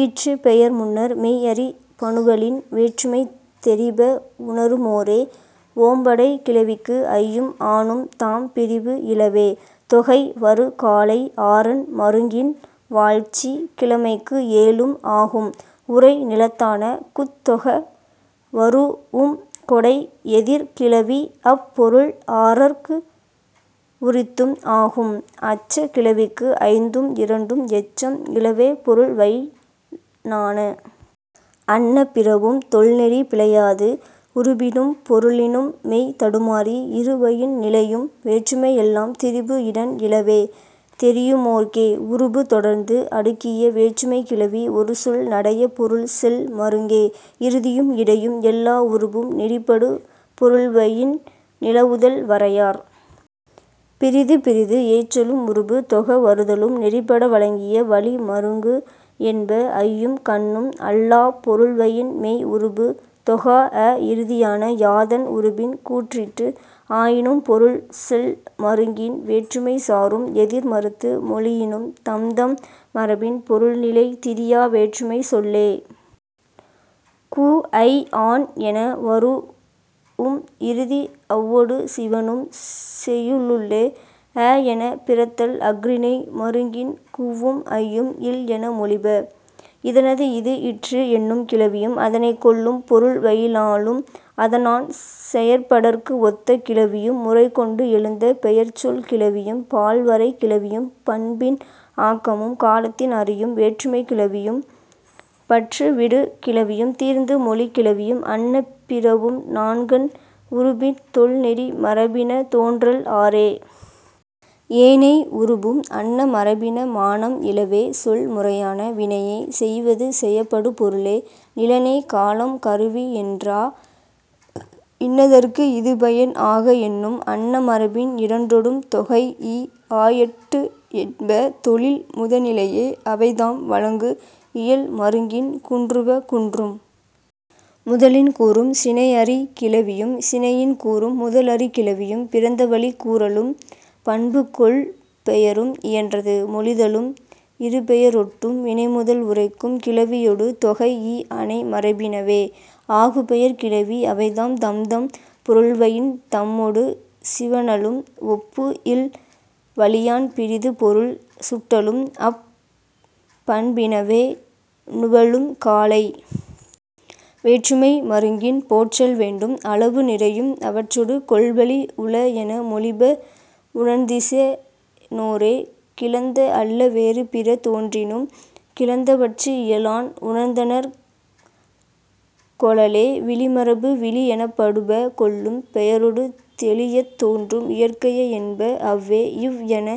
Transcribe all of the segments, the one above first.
ஈற்றுப் பெயர் முன்னர் மெய் அறி பனுவலின் வேற்றுமை தெரிப உணருமோரே. ஓம்படைக் கிளவிக்கு ஐயும் ஆனும் தாம் பிரிவு இலவே தொகை வரு காலை. ஆறன் மருங்கின் வாழ்ச்சிக் கிழமைக்கு ஏழும் ஆகும் உறை நிலத்தான. குத் தொக வரூஉம் கொடை எதிர் கிளவி அப் பொருள் ஆறற்கு உரித்தும் ஆகும், அச்சக் கிளவிக்கு ஐந்தும் இரண்டும் எச்சம் இலவே பொருள்வயினான. அன்ன பிறவும் தொல் நெறி பிழையாது உருபினும் பொருளினும் மெய் தடுமாறி இரு வயின் நிலையும் வேற்றுமை எல்லாம் திரிபு இடன் இலவே தெரியுமோர்க்கே. உருபு தொடர்ந்து அடுக்கிய வேற்றுமைக் கிளவி ஒரு சொல் நடைய பொருள் செல் மருங்கே. இறுதியும் இடையும் எல்லா உருபும் நெறி படு பொருள்வயின் நிலவுதல் வரையார். பிறிது பிறிது ஏற்றலும் உருபு தொக வருதலும் நெறிபட வழங்கிய வழி மருங்கு என்ப. ஐயும் கண்ணும் அல்லாப் பொருள்வயின் மெய் உருபு தொகாஅ இறுதியான. யாதன் உருபின் கூறிற்று ஆயினும் பொருள் செல் மருங்கின் வேற்றுமை சாரும். எதிர் மறுத்து மொழியினும் தம்தம் மரபின் பொருள் நிலை திரியா வேற்றுமைச் சொல்லே. கு ஐ ஆன் என வரூஉம் இறுதி அவ்வொடு சிவணும் செய்யுளுள்ளே. அ எனப் பிறத்தல் அஃறிணை மருங்கின் குவ்வும் ஐயும் இல் என மொழிப. இதனது இது இற்று என்னும் கிளவியும் அதனைக் கொள்ளும் பொருள்வயினானும் அதனான் செயற்படற்கு ஒத்த கிளவியும் முறை கொண்டு எழுந்த பெயர்ச்சொல் கிளவியும் பால் வரை கிளவியும் பண்பின் ஆக்கமும் காலத்தின் அறியும் வேற்றுமைக் கிளவியும் பற்று விடு கிளவியும் தீர்ந்து மொழிக் கிளவியும் அன்ன பிறவும் நான்கன் உருபின் தொல் நெறி மரபின தோன்றல் ஆறே. ஏனை உருபும் அன்ன மரபின மானம் இலவே சொல் முறையான. வினையே செய்வது செயப்படுபொருளே நிலனே காலம் கருவி என்றா இன்னதற்கு இது பயன் ஆக என்னும் அன்ன மரபின் இரண்டொடும் தொகைஇ ஆயெட்டு என்ப தொழில் முதனிலையே. அவைதாம், வழங்கு இயல் மருங்கின் குன்றுவ குன்றும். முதலின் கூறும் சினை அறி கிளவியும் சினையின் கூறும் முதல் அறி கிளவியும் பிறந்தவழிக் கூறலும் பண்பு கொள் பெயரும் இயன்றது மொழிதலும் இருபெயரொட்டும் வினைமுதல் உரைக்கும் கிளவியொடு தொகைஇ அனை மரபினவே ஆகுபெயர்க் கிளவி. அவைதாம், தம்தம் பொருள்வயின் தம்மொடு சிவணலும் ஒப்பு இல் வழியான் பிறிது பொருள் சுட்டலும் அப் பண்பினவே நுவலும் காலை. வேற்றுமை மருங்கின் போற்றல் வேண்டும். அளவு நிறையும் அவற்றொடு கொள்வழி உள என மொழிப உணர்ந்திசினோரே. கிளந்த அல்ல வேறு பிற தோன்றினும் கிளந்தவற்று இயலான் உணர்ந்தனர் கொளலே.. விளிமரபு விளி எனப்படுப கொள்ளும் பெயரொடு தெளியத் தோன்றும் இயற்கைய என்ப. அவ்வே, இவ் என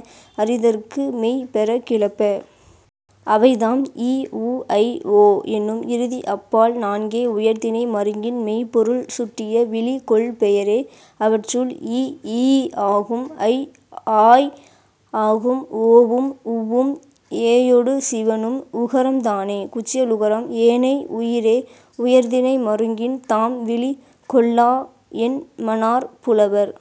அறிதற்கு மெய் பெறக் கிளப்ப. அவைதாம், இ உ ஐ ஓ என்னும் இறுதி அப் பால் நான்கே உயர்திணை மருங்கின் மெய்ப் பொருள் சுட்டிய விளி கொள் பெயரே. அவற்றுள், இ ஈ ஆகும் ஐ ஆய் ஆகும். ஓவும் உவ்வும் ஏயொடு சிவணும். உகரம்தானே குற்றியலுகரம். ஏனை உயிரே உயர்திணை மருங்கின் தாம் விளி கொள்ளா என்மனார் புலவர்.